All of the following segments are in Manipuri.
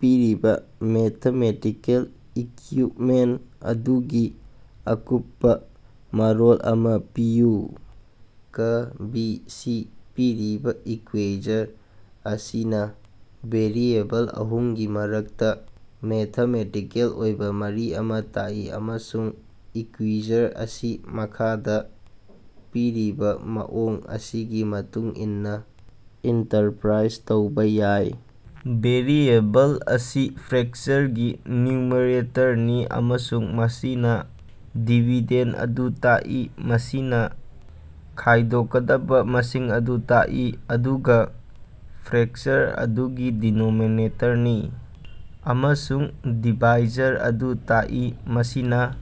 ꯄꯤꯔꯤꯕ ꯃꯦꯊꯃꯦꯇꯤꯀꯦꯜ ꯏꯀ꯭ꯌꯨꯏꯞꯃꯦꯟꯇ ꯑꯗꯨꯒꯤ ꯑꯀꯨꯞꯄ ꯃꯔꯣꯜ ꯑꯃ ꯄꯤꯌꯨ꯫ ꯀ/ꯕꯤ ꯁꯤ ꯄꯤꯔꯤꯕ ꯏꯀ꯭ꯌꯨꯏꯖꯔ ꯑꯁꯤꯅ ꯚꯦꯔꯤꯑꯦꯕꯜ ꯑꯍꯨꯝꯒꯤ ꯃꯔꯛꯇ ꯃꯦꯊꯃꯦꯇꯤꯀꯦꯜ ꯑꯣꯏꯕ ꯃꯔꯤ ꯑꯃꯥ ꯇꯥꯛꯏ ꯑꯃꯁꯨꯡ ꯏꯀ꯭ꯌꯨꯏꯖꯔ ꯑꯁꯤ ꯃꯈꯥꯗ ꯄꯤꯔꯤꯕ ꯃꯑꯣꯡ ꯑꯁꯤꯒꯤ ꯃꯇꯨꯡ ꯏꯟꯅ ꯏꯟꯇꯔꯄ꯭ꯔꯥꯏꯖ ꯇꯧꯕ ꯌꯥꯏ꯫ ꯚꯦꯔꯤꯑꯦꯕꯜ ꯑꯁꯤ ꯐ꯭ꯔꯦꯛꯆꯔꯒꯤ ꯅ꯭ꯌꯨꯃꯔꯦꯇꯔꯅꯤ ꯑꯃꯁꯨꯡ ꯃꯁꯤꯅ ꯗꯤꯕꯤꯗꯦꯟꯗ ꯑꯗꯨ ꯇꯥꯛꯏ, ꯃꯁꯤꯅꯥ ꯈꯥꯏꯗꯣꯛꯀꯗꯕ ꯃꯁꯤꯡ ꯑꯗꯨ ꯇꯥꯛꯏ, ꯑꯗꯨꯒ ꯐ꯭ꯔꯦꯛꯆꯔ ꯑꯗꯨꯒꯤ ꯗꯤꯅꯣꯃꯤꯅꯦꯇꯔꯅꯤ ꯑꯃꯁꯨꯡ ꯗꯤꯚꯥꯏꯖꯔ ꯑꯗꯨ ꯇꯥꯛꯏ, ꯃꯁꯤꯅ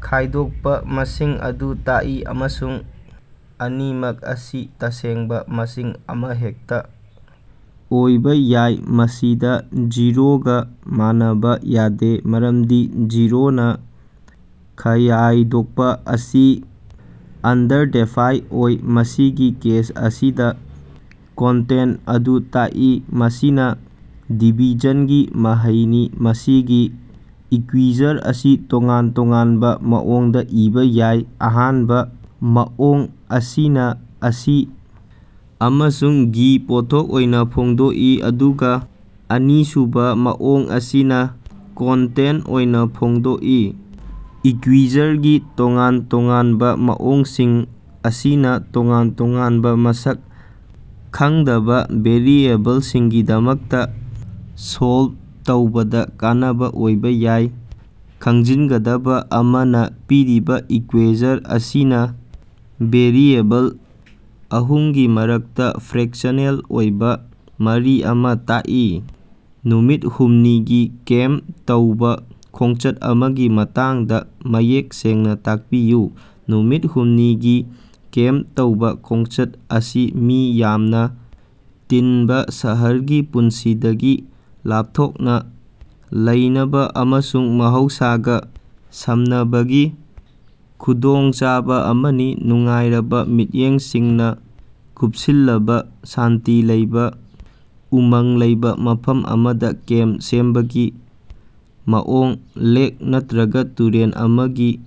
ꯈꯥꯏꯗꯣꯛꯄ ꯃꯁꯤꯡ ꯑꯗꯨ ꯇꯥꯛꯏ꯫ ꯑꯃꯁꯨꯡ ꯑꯅꯤꯃꯛ ꯑꯁꯤ ꯇꯁꯦꯡꯕꯥ ꯃꯁꯤꯡ ꯑꯃꯍꯦꯛꯇ ꯑꯣꯏꯕ ꯌꯥꯏ, ꯃꯁꯤꯗ ꯖꯤꯔꯣꯒꯥ ꯃꯥꯟꯅꯕ ꯌꯥꯗꯦ, ꯃꯔꯝꯗꯤ ꯖꯤꯔꯣꯅ ꯈꯥꯌꯗꯣꯛꯄ ꯑꯁꯤ ꯑꯟꯗꯔꯗꯦꯐꯥꯏꯗ ꯑꯣꯏ꯫ ꯃꯁꯤꯒꯤ ꯀꯦꯁ ꯑꯁꯤꯗ ꯀꯣꯟꯇꯦꯟꯇ ꯑꯗꯨ ꯇꯥꯛꯏ, ꯃꯁꯤꯅ ꯗꯤꯚꯤꯖꯟꯒꯤ ꯃꯍꯩꯅꯤ꯫ ꯃꯁꯤꯒꯤ ꯏꯀ꯭ꯌꯨꯏꯖꯔ ꯑꯁꯤ ꯇꯣꯉꯥꯟ ꯇꯣꯉꯥꯟꯕ ꯃꯑꯣꯡꯗ ꯏꯕ ꯌꯥꯏ꯫ ꯑꯍꯥꯟꯕ ꯃꯑꯣꯡ ꯑꯁꯤꯅ ꯑꯁꯤ ꯑꯃꯁꯨꯡ ꯒꯤ ꯄꯣꯠꯊꯣꯛ ꯑꯣꯏꯅ ꯐꯣꯡꯗꯣꯛꯏ, ꯑꯗꯨꯒ ꯑꯅꯤꯁꯨꯕ ꯃꯑꯣꯡ ꯑꯁꯤꯅ ꯀꯣꯟꯇꯦꯟꯇ ꯑꯣꯏꯅ ꯐꯣꯡꯗꯣꯛꯏ꯫ ꯏꯀ꯭ꯌꯨꯏꯖꯔꯒꯤ ꯇꯣꯉꯥꯟ ꯇꯣꯉꯥꯟꯕ ꯃꯑꯣꯡꯁꯤꯡ ꯑꯁꯤꯅ ꯇꯣꯉꯥꯟ ꯇꯣꯉꯥꯟꯕ ꯃꯁꯛ ꯈꯪꯗꯕ ꯚꯦꯔꯤꯑꯦꯕꯜꯁꯤꯡꯒꯤꯗꯃꯛꯇ ꯁꯣꯜꯕ ꯇꯧꯕꯗ ꯀꯥꯟꯅꯕ ꯑꯣꯏꯕ ꯌꯥꯏ꯫ ꯈꯪꯖꯤꯟꯒꯗꯕ ꯑꯃꯅ ꯄꯤꯔꯤꯕ ꯏꯀ꯭ꯌꯨꯏꯖꯔ ꯑꯁꯤꯅ ꯚꯦꯔꯤꯑꯦꯕꯜ ꯑꯍꯨꯝꯒꯤ ꯃꯔꯛꯇ ꯐ꯭ꯔꯦꯛꯆꯅꯦꯜ ꯑꯣꯏꯕ ꯃꯔꯤ ꯑꯃ ꯇꯥꯛꯏ꯫ ꯅꯨꯃꯤꯠ ꯍꯨꯝꯅꯤꯒꯤ ꯀꯦꯝꯄ ꯇꯧꯕ ꯈꯣꯡꯆꯠ ꯑꯃꯒꯤ ꯃꯇꯥꯡꯗ ꯃꯌꯦꯛ ꯁꯦꯡꯅ ꯇꯥꯛꯄꯤꯌꯨ꯫ ꯅꯨꯃꯤꯠ ꯍꯨꯝꯅꯤꯒꯤ ꯀꯦꯝꯄ ꯇꯧꯕ ꯈꯣꯡꯆꯠ ꯑꯁꯤ ꯃꯤ ꯌꯥꯝꯅ ꯇꯤꯟꯕ ꯁꯍꯔꯒꯤ ꯄꯨꯟꯁꯤꯗꯒꯤ ꯂꯥꯞꯊꯣꯛꯅ ꯂꯩꯅꯕ ꯑꯃꯁꯨꯡ ꯃꯍꯧꯁꯥꯒ ꯁꯝꯅꯕꯒꯤ ꯈꯨꯗꯣꯡꯆꯥꯕ ꯑꯃꯅꯤ꯫ ꯅꯨꯡꯉꯥꯏꯔꯕ ꯃꯤꯠꯌꯦꯡꯁꯤꯡꯅ ꯀꯨꯞꯁꯤꯜꯂꯕ ꯁꯥꯟꯇꯤ ꯂꯩꯕ, ꯎꯃꯪ ꯂꯩꯕ ꯃꯐꯝ ꯑꯃꯗ ꯀꯦꯝꯄ ꯁꯦꯝꯕꯒꯤ ꯃꯑꯣꯡ, ꯂꯦꯛ ꯅꯠꯇ꯭ꯔꯒ ꯇꯨꯔꯦꯜ ꯑꯃꯒꯤ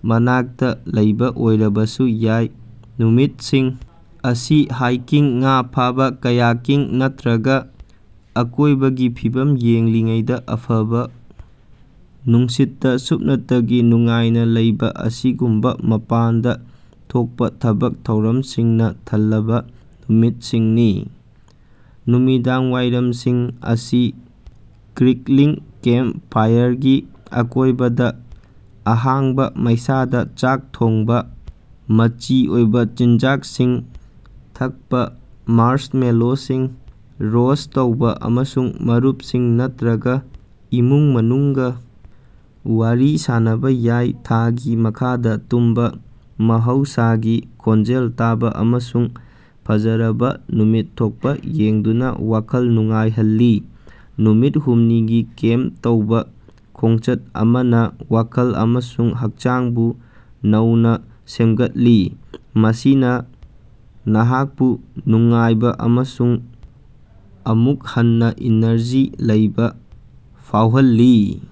ꯃꯅꯥꯛꯇ ꯂꯩꯕ ꯑꯣꯏꯔꯕꯁꯨ ꯌꯥꯏ꯫ ꯅꯨꯃꯤꯠꯁꯤꯡ ꯑꯁꯤ ꯍꯥꯏꯀꯤꯡ, ꯉꯥ ꯐꯥꯕ, ꯀꯥꯌꯥꯀꯤꯡ ꯅꯠꯇ꯭ꯔꯒ ꯑꯀꯣꯏꯕꯒꯤ ꯐꯤꯕꯝ ꯌꯦꯡꯂꯤꯉꯩꯗ ꯑꯐꯕ ꯅꯨꯡꯁꯤꯠꯇ ꯁꯨꯞꯅꯇꯒꯤ ꯅꯨꯡꯉꯥꯏꯅ ꯂꯩꯕ ꯑꯁꯤꯒꯨꯝꯕ ꯃꯄꯥꯟꯗ ꯊꯣꯛꯄ ꯊꯕꯛ ꯊꯧꯔꯝꯁꯤꯡꯅ ꯊꯜꯂꯕ ꯅꯨꯃꯤꯠꯁꯤꯡꯅꯤ꯫ ꯅꯨꯃꯤꯗꯥꯡꯋꯥꯏꯔꯝꯁꯤꯡ ꯑꯁꯤ ꯀ꯭ꯔꯦꯛꯂꯤꯡ ꯀꯦꯝꯄ ꯐꯥꯏꯌꯔꯒꯤ ꯑꯀꯣꯏꯕꯗ ꯑꯍꯥꯡꯕ ꯃꯩꯁꯥꯗ ꯆꯥꯛ ꯊꯣꯡꯕ ꯃꯆꯤ ꯑꯣꯏꯕ ꯆꯤꯟꯖꯥꯛꯁꯤꯡ ꯊꯛꯄ, ꯃꯥꯔꯁꯃꯦꯂꯣꯁꯤꯡ ꯔꯣꯁ꯭ꯠ ꯇꯧꯕ ꯑꯃꯁꯨꯡ ꯃꯔꯨꯞꯁꯤꯡ ꯅꯠꯇ꯭ꯔꯒ ꯏꯃꯨꯡ ꯃꯅꯨꯡꯒ ꯋꯥꯔꯤ ꯁꯥꯅꯕ ꯌꯥꯏ꯫ ꯊꯥꯒꯤ ꯃꯈꯥꯗ ꯇꯨꯝꯕ, ꯃꯍꯧꯁꯥꯒꯤ ꯈꯣꯟꯖꯦꯜ ꯇꯥꯕ, ꯑꯃꯁꯨꯡ ꯐꯖꯔꯕ ꯅꯨꯃꯤꯠ ꯊꯣꯛꯄ ꯌꯦꯡꯗꯨꯅ ꯋꯥꯈꯜ ꯅꯨꯉꯥꯏꯍꯜꯂꯤ꯫ ꯅꯨꯃꯤꯠ ꯍꯨꯝꯅꯤꯒꯤ ꯀꯦꯝꯄ ꯇꯧꯕ ꯈꯣꯡꯆꯠ ꯑꯃꯅ ꯋꯥꯈꯜ ꯑꯃꯁꯨꯡ ꯍꯛꯆꯥꯡꯕꯨ ꯅꯧꯅ ꯁꯦꯝꯒꯠꯂꯤ, ꯃꯁꯤꯅ ꯅꯍꯥꯛꯄꯨ ꯅꯨꯡꯉꯥꯏꯕ ꯑꯃꯁꯨꯡ ꯑꯃꯨꯛ ꯍꯟꯅ ꯏꯅꯔꯖꯤ ꯂꯩꯕ ꯐꯥꯎꯍꯜꯂꯤ꯫